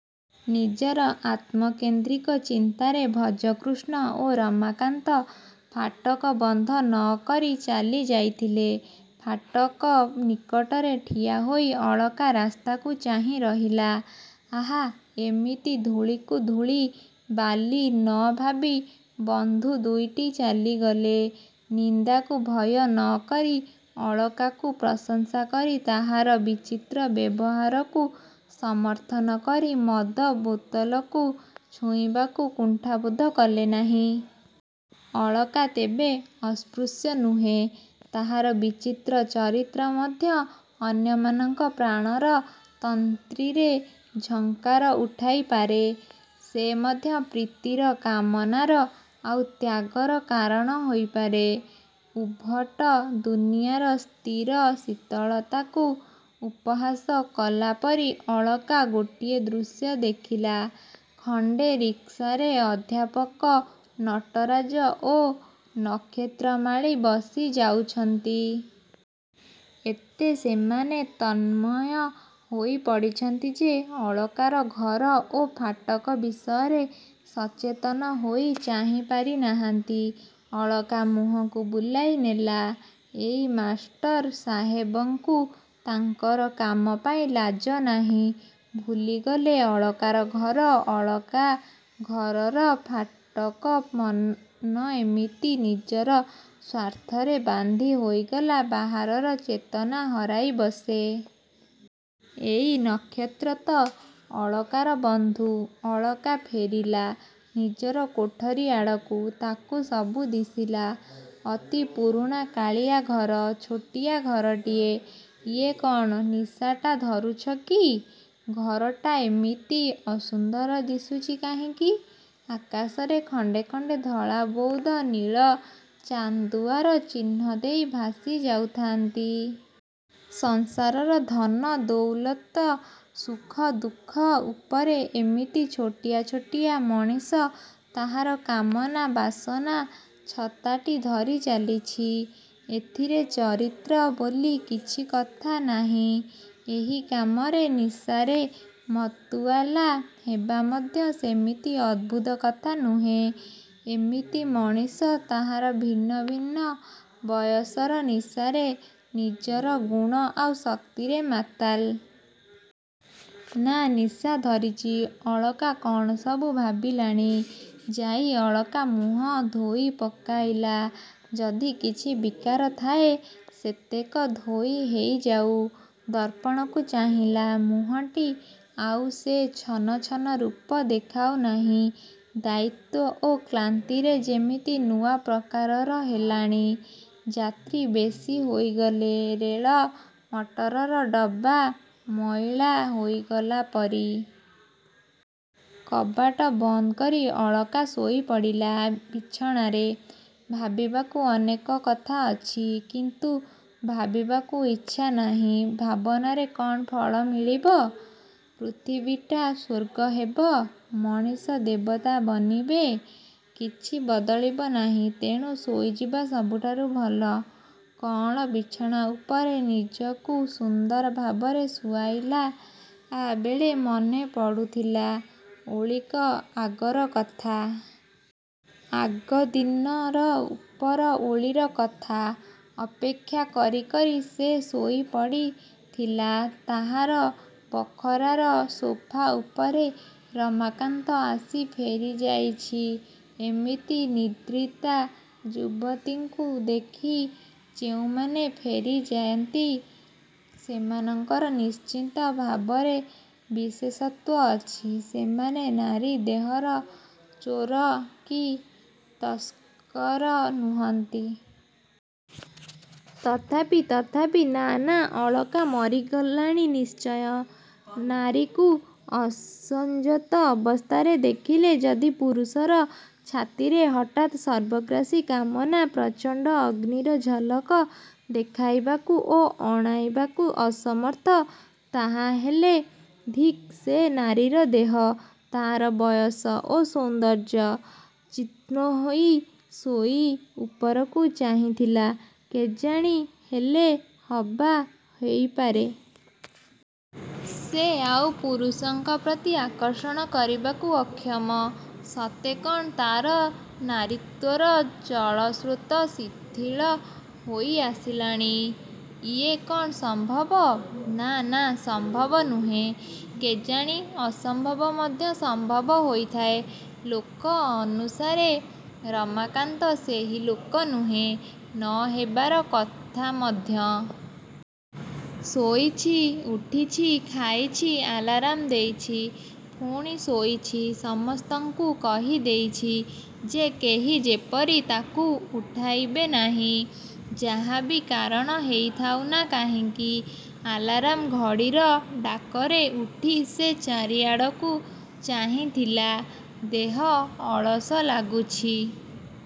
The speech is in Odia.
ନିଜର ଆତ୍ମକେନ୍ଦ୍ରିକ ଚିନ୍ତାରେ ଭଜକୃଷ୍ଣ ଓ ରମାକାନ୍ତ ଫାଟକ ବନ୍ଦ ନକରି ଚାଲି ଯାଇଥିଲେ। ଫାଟକ ନିକଟରେ ଠିଆ ହୋଇ ଅଳକା ରାସ୍ତାକୁ ଚାହିଁ ରହିଲା-ଆହା, ଏମିତି ଧୂଳିକୁ ଧୂଳି ବାଲି ନ ଭାବି ବଂଧୁ ଦୁଇଟି ଚାଲିଗଲେ। ନିନ୍ଦାକୁ ଭୟ ନକରି ଅଳକାକୁ ପ୍ରଶଂସା କରି ତାହାର ବିଚିତ୍ର ବ୍ୟବହାରକୁ ସମର୍ଥନ କରି ମଦ ବୋତଲକୁ ଛୁଇଁବାକୁ କୁଣ୍ଠାବୋଧ କଲେ ନାହିଁ। ଅଳକା ତେବେ ଅସ୍ପୃଶ୍ୟ ନୁହେଁ-ତାହାର ବିଚିତ୍ର ଚରିତ୍ର ମଧ୍ୟ ଅନ୍ୟମାନଙ୍କ ପ୍ରାଣର ତନ୍ତ୍ରୀରେ ଝଙ୍କାର ଉଠାଇ ପାରେ। ସେ ମଧ୍ୟ ପ୍ରୀତିର, କାମନାର, ଆଉ ତ୍ୟାଗର କାରଣ ହେଇପାରେ। ଉଦ୍ଭଟ ଦୁନିଆର ସ୍ଥିର ଶୀତଳତାକୁ ଉପହାସ କଲା ପରି ଅଳକା ଗୋଟିଏ ଦୃଶ୍ୟ ଦେଖିଲା-ଖଣ୍ଡେ ରିକ୍ସାରେ ଅଧ୍ୟାପକ ନଟରାଜ ଓ ନକ୍ଷତ୍ରମାଳୀ ବସି ଯାଉଛନ୍ତି। ଏତେ ସେମାନେ ତନ୍ମୟ ହୋଇ ପଡ଼ିଛନ୍ତି ଯେ ଅଳକାର ଘର ଓ ଫାଟକ ବିଷୟରେ ସଚେତନ ହୋଇ ଚାହିଁ ପାରି ନାହାନ୍ତି। ଅଳକା ମୁହଁ ବୁଲାଇ ନେଲା-ଏଇ ମାଷ୍ଟର ସାହେବଙ୍କୁ ତାଙ୍କର କାମ ପାଇଁ ଲାଜ ନାହିଁ। ଭୁଲିଗଲେ ଅଳକାର ଘର-ଅଳକା ଘରର ଫାଟକ। ମନ ଏମିତି ନିଜର ସ୍ୱାର୍ଥରେ ବାନ୍ଧି ହୋଇଗଲେ ବାହାରର ଚେତନା ହରାଇ ବସେ। -ଏଇ ନକ୍ଷତ୍ର ତ ଅଳକାର ବନ୍ଧୁ। ଅଳକା ଫେରିଲା ନିଜର କୋଠରୀ ଆଡ଼କୁ। ତାକୁ ସବୁ ଦିଶିଲା ଅତି ପୁରୁଣା କାଳିଆ ଘର-ଛୋଟିଆ ଘରଟିଏ। ଇଏ କ'ଣ? ନିଶାଟା ଧରୁଛି କି? ଘରଟା ଏମିତି ଅସୁନ୍ଦର ଦିଶୁଛି କାହିଁକି? ଆକାଶରେ ଖଣ୍ଡେ ଖଣ୍ଡେ ଧଳା ବଉଦ ନୀଳ ଚାନ୍ଦୁଆର ଚିହ୍ନ ଦେଇ ଭାସି ଯାଉଥାନ୍ତି। ସଂସାରର ଧନ ଦଉଲତ ସୁଖ ଦୁଃଖ ଉପରେ ଏମିତି ଛୋଟିଆ ଛୋଟିଆ ମଣିଷ ତାହାର କାମନା ବାସନାର ଛତାଟି ଧରି ଚାଲିଛି। ଏଥିରେ ଚରିତ୍ର ବୋଲି କିଛି କଥା ନାହିଁ। ଏହି କାମନାର ନିଶାରେ ମତୁଆଲା ହେବା ମଧ୍ୟ ସେମିତି ଅଦ୍ଭୁତ କଥା ନୁହେଁ। ଏମିତି ମଣିଷ ତାହାର ଭିନ୍ନ ଭିନ୍ନ ବୟସର ନିଶାରେ ନିଜର ଗୁଣ ଆଉ ଶକ୍ତିରେ ମାତାଲ। -ନା, ନିଶା ଧରିଛି। ଅଳକା କ'ଣ ସବୁ ଭାବିଲାଣି? ଯାଇ ଅଳକା ମୁହଁ ଧୋଇ ପକାଇଲା-ଯଦି କିଛି ବିକାର ଥାଏ ସେତକ ଧୋଇ ହେଇ ଯାଉ। ଦର୍ପଣକୁ ଚାହିଁଲା-ମୁହଁଟି ଆଉ ସେ ଛନ ଛନ ରୂପ ଦେଖାଉ ନାହିଁ। ଦାୟିତ୍ୱ ଓ କ୍ଳାନ୍ତିରେ କେମିତି ନୂଆ ପ୍ରକାରର ହେଲାଣି-ଯାତ୍ରୀ ବେଶି ହେଇଗଲେ ରେଳ ମଟରର ଡବା ମଇଳା ହେଇଗଲା ପରି। କବାଟ ବନ୍ଦ କରି ଅଳକା ଶୋଇପଡ଼ିଲା ବିଛଣାରେ-ଭାବିବାକୁ ଅନେକ କଥା ଅଛି। କିନ୍ତୁ ଭାବିବାକୁ ଇଚ୍ଛା ନାହିଁ। ଭାବନାରେ କ'ଣ ଫଳ ଫଳିବ? ପୃଥିବୀଟା ସ୍ୱର୍ଗ ହେବ? ମଣିଷ ଦେବତା ବନିବେ? କିଛି ବଦଳିବ ନାହିଁ। ତେଣୁ ଶୋଇଯିବା ସବୁଠାରୁ ଭଲ। କଅଁଳ ବିଛଣା ଉପରେ ନିଜକୁ ସୁନ୍ଦର ଭାବରେ ଶୁଆଇଲା ବେଳେ ମନ ପଡ଼ୁଥିଲା-ଓଳିକ ଆଗର କଥା। ଆଗଦିନର ଉପର ଓଳିର କଥା। ଅପେକ୍ଷା କରି କରି ସେ ଶୋଇପଡ଼ି ଥିଲା ତାହାର ବଖରାର ସୋଫା ଉପରେ। ରମାକାନ୍ତ ଆସି ଫେରିଯାଇଛି। ଏମିତି ନିଦ୍ରିତା ଯୁବତୀଙ୍କୁ ଦେଖି ଯେଉଁମାନେ ଫେରି ଯାଇଥାନ୍ତି ସେମାନଙ୍କର ନିଶ୍ଚିତ ଭାବରେ ବିଶେଷତ୍ୱ ଅଛି। ସେମାନେ ନାରୀ ଦେହର ଚୋର କି ତସ୍କର ନୁହନ୍ତି। ତଥାପି ତଥାପି ନା-ନା-ଅଳକା ମରିଗଲାଣି ନିଶ୍ଚୟ। ନାରୀକୁ ଅସଂଯତ ଅବସ୍ଥାରେ ଦେଖିଲେ ଯଦି ପୁରୁଷର ଛାତିରେ ହଠାତ୍ ସର୍ବଗ୍ରାସୀ କାମନା ପ୍ରଚଣ୍ଡ ଅଗ୍ନିର ଝଲକ ଦେଖାଇବାକୁ ଓ ଅଣାଇବାକୁ ଅସମର୍ଥ, ତାହାହେଲେ ଧିକ ସେ ନାରୀର ଦେହ-ତାହାର ବୟସ ଓ ସୌନ୍ଦର୍ଯ୍ୟ। ଚିତ୍ହୋଇ ଶୋଇ ଉପରକୁ ଚାହିଁଥିଲା-କେଜାଣି ହେଲେ ହବା ହେଇପାରେ। ସେ ଆଉ ପୁରୁଷଙ୍କର ପ୍ରୀତି ଆକର୍ଷଣ କରିବାକୁ ଅକ୍ଷମ। ସତେ କ'ଣ ତା'ର ନାରୀତ୍ୱର ଜଳସ୍ରୋତ ଶିଥିଳ ହୋଇ ଆସିଲାଣି? ଇଏ କ'ଣ ସମ୍ଭବ? ନା, ନା ସମ୍ଭବ ନୁହେ। -କେଜାଣି ଅସମ୍ଭବ ମଧ୍ୟ ସମ୍ଭବ ହେଇଥାଏ-ଲୋକ ଅନୁସାରେ। ରମାକାନ୍ତ ସେହି ଲୋକ ନୁହେଁ। ନ ହେବାର କଥା ମଧ୍ୟ। ଶୋଇଛି। ଉଠିଛି। ଖାଇଛି। ଆଲାର୍ମ ଦେଇଛି-ପୁଣି ଶୋଇଛି। ସମସ୍ତଙ୍କୁ କହି ଦେଇଛି ଯେ କେହି ଯେପରି ତା'କୁ ଉଠାଇବେ ନାହିଁ। ଯାହା ବି କାରଣ ହେଇଥାଉ ନା କାହିଁକି? ଆଲାର୍ମ ଘଡ଼ିର ଡାକରେ ଉଠି ସେ ଚାରିଆଡ଼କୁ ଚାହିଁଥିଲା-ଦେହ ଅଳସ ଲାଗୁଛି।